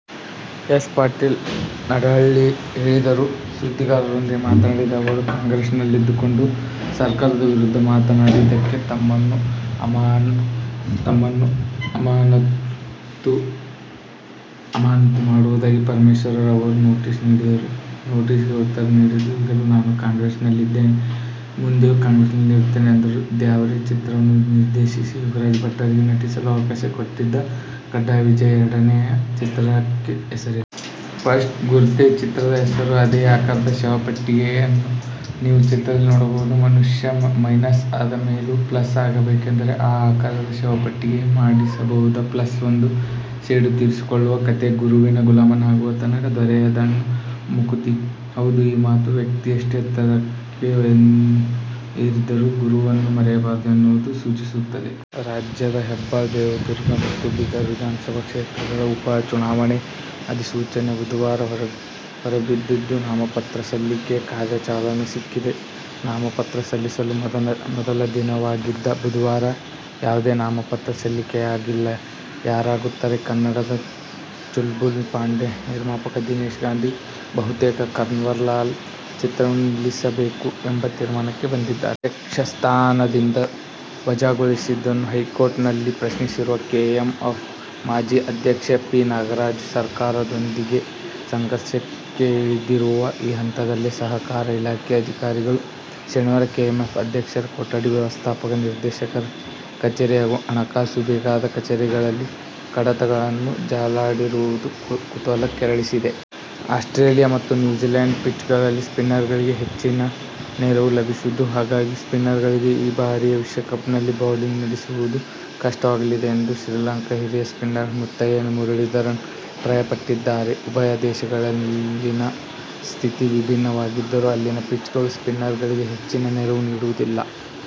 S. Patil Nadahalli ಹೇಳಿದರು. ಸುದ್ದಿಗಾರರೊಂದಿಗೆ ಮಾತನಾಡಿದ ಅವರು, ಕಾಂಗ್ರೆಸ್ನಲ್ಲಿದ್ದುಕೊಂಡು ಸರ್ಕಾರದ ವಿರುದ್ಧ ಮಾತನಾಡಿದ್ದಕ್ಕೆ ತಮ್ಮನ್ನು ಅಮಾನತು ಮಾಡುವುದಾಗಿ ಪರಮೇಶ್ವರ್ ಅವರು ನೋಟಿಸ್ ನೀಡಿದ್ದರು. ನೋಟಿಸ್ಗೆ ಉತ್ತರ ನೀಡಿದ್ದು, ಈಗಲೂ ನಾನು ಕಾಂಗ್ರೆಸ್ನಲ್ಲಿದ್ದೇನೆ. ಮುಂದೆಯೂ ಕಾಂಗ್ರೆಸ್ನಲ್ಲಿರುತ್ತೇನೆ ಎಂದರು. ದ್ಯಾವ್ರೇ ಚಿತ್ರವನ್ನು ನಿರ್ದೇಶಿಸಿ ಯೋಗರಾಜ ಭಟ್ಟರಿಗೆ ನಟಿಸಲು ಅವಕಾಶ ಕೊಟ್ಟಿದ್ದ ಗಡ್ಡ ವಿಜಿಯ ಎರಡನೆಯ ಚಿತ್ರಕ್ಕೆ ಹೆಸರಿಲ್ಲ. ಪ್ಲಸ್ ಗುರುತೇ ಚಿತ್ರದ ಹೆಸರು. ಅದೇ ಆಕಾರದ ಶವ ಪೆಟ್ಟಿಗೆಯನ್ನು ನೀವು ಚಿತ್ರದಲ್ಲಿ ನೋಡಬಹುದು. ಮನುಷ್ಯ ಮೈನಸ್ ಆದ ಮೇಲೂ ಪ್ಲಸ್ ಆಗಬೇಕೆಂದರೆ ಆ ಆಕಾರದ ಶವಪೆಟ್ಟಿಗೆ ಮಾಡಿಸಬಹುದು! ಪ್ಲಸ್ ಒಂದು ಸೇಡು ತೀರಿಸಿಕೊಳ್ಳುವ ಕತೆ. ಗುರುವಿನ ಗುಲಾಮನಾಗುವ ತನಕ ದೊರೆಯದಣ್ಣ ಮುಕುತಿ. ಹೌದು ಈ ಮಾತು ವ್ಯಕ್ತಿ ಎಷ್ಟೇ ಎತ್ತರಕ್ಕೆ ಎರಿದರೂ ಗುರುವನ್ನು ಮರೆಯಬಾರದು ಎನ್ನುವುದನ್ನು ಸೂಚಿಸುತ್ತದೆ. ರಾಜ್ಯದ ಹೆಬ್ಟಾಳ, ದೇವದುರ್ಗ ಮತ್ತು ಬೀದರ್ ವಿಧಾನಸಭಾ ಕ್ಷೇತ್ರಗಳ ಉಪ ಚುನಾವಣೆಯ ಅಧಿಸೂಚನೆ ಬುಧವಾರ ಹೊರಬಿದ್ದಿದ್ದು, ನಾಮಪತ್ರಸಲ್ಲಿಕೆ ಕಾರ್ಯಕ್ಕೆ ಚಾಲನೆ ಸಿಕ್ಕಿದೆ. ನಾಮಪತ್ರ ಸಲ್ಲಿಸಲು ಮೊದಲ ದಿನವಾಗಿದ್ದ ಬುಧವಾರ ಯಾವುದೇ ನಾಮಪತ್ರ ಸಲ್ಲಿಕೆಯಾಗಿಲ್ಲ. ಯಾರಾಗುತ್ತಾರೆ ಕನ್ನಡದ ಚುಲ್ಬುಲ್ ಪಾಂಡೆ? ನಿರ್ಮಾಪಕ ದಿನೇಶ್ ಗಾಂಧಿ ಬಹುತೇಕ "ಕನ್ವರ್ಲಾಲ್' ಚಿತ್ರವನ್ನು ನಿಲ್ಲಿಸಬೇಕು ಎಂಬ ತೀರ್ಮಾನಕ್ಕೆ ಬಂದಿದ್ದರು. ಅಧ್ಯಕ್ಷ ಸ್ಥಾನದಿಂದ ವಜಾಗೊಳಿಸಿದ್ದನ್ನು ಹೈಕೋರ್ಟ್ನಲ್ಲಿ ಪ್ರಶ್ನಿಸಿರುವ ಕೆಎಂಎಫ್ ಮಾಜಿ ಅಧ್ಯಕ್ಷ ಪಿ. ನಾಗರಾಜು ಸರ್ಕಾರದೊಂದಿಗೆ ಸಂಘರ್ಷಕ್ಕೆ ಇಳಿದಿರುವ ಈ ಹಂತದಲ್ಲೇ ಸಹಕಾರ ಇಲಾಖೆ ಅಧಿಕಾರಿಗಳು ಶನಿವಾರ ಕೆಎಂಎಫ್ ಅಧ್ಯಕ್ಷರ ಕೊಠಡಿ, ವ್ಯವಸ್ಥಾಪಕ ನಿರ್ದೇಶಕರ ಕಚೇರಿ ಹಾಗೂ ಹಣಕಾಸು ವಿಭಾಗದ ಕಚೇರಿಗಳಲ್ಲಿ ಕಡತಗಳನ್ನು ಜಾಲಾಡಿರುವುದು ಕುತೂಹಲ ಕೆರಳಿಸಿದೆ. ಆಸ್ಟ್ರೇಲಿಯ ಮತ್ತು ನ್ಯೂಜಿಲ್ಯಾಂಡ್ನ ಪಿಚ್ಗಳಲ್ಲಿ ಸ್ಪಿನ್ನರ್ಗಳಿಗೆ ಹೆಚ್ಚಿನ ನೆರವು ಲಭಿಸದು. ಹಾಗಾಗಿ ಸ್ಪಿನ್ನರ್ಗಳಿಗೆ ಈ ಬಾರಿಯ ವಿಶ್ವಕಪ್ನಲ್ಲಿ ಬೌಲಿಂಗ್ ನಡೆಸುವುದಕ್ಕೆ ಕಷ್ಟವಾಗಲಿದೆ ಎಂದು ಶ್ರೀಲಂಕಾದ ಹಿರಿಯ ಸ್ಪಿನ್ನರ್ ಮುತ್ತಯ್ಯ ಮುರಳೀಧರನ್ ಅಭಿಪ್ರಾಯಪಟ್ಟಿದ್ದಾರೆ. ಉಭಯ ದೇಶಗಳಲ್ಲಿನ ಸ್ಥಿತಿ ವಿಭಿನ್ನ ವಾಗಿದ್ದರೂ ಅಲ್ಲಿನ ಪಿಚ್ಗಳು ಸ್ಪಿನ್ನರ್ಗಳಿಗೆ ಹೆಚ್ಚಿನ ನೆರವು ನೀಡುವುದಿಲ್ಲ.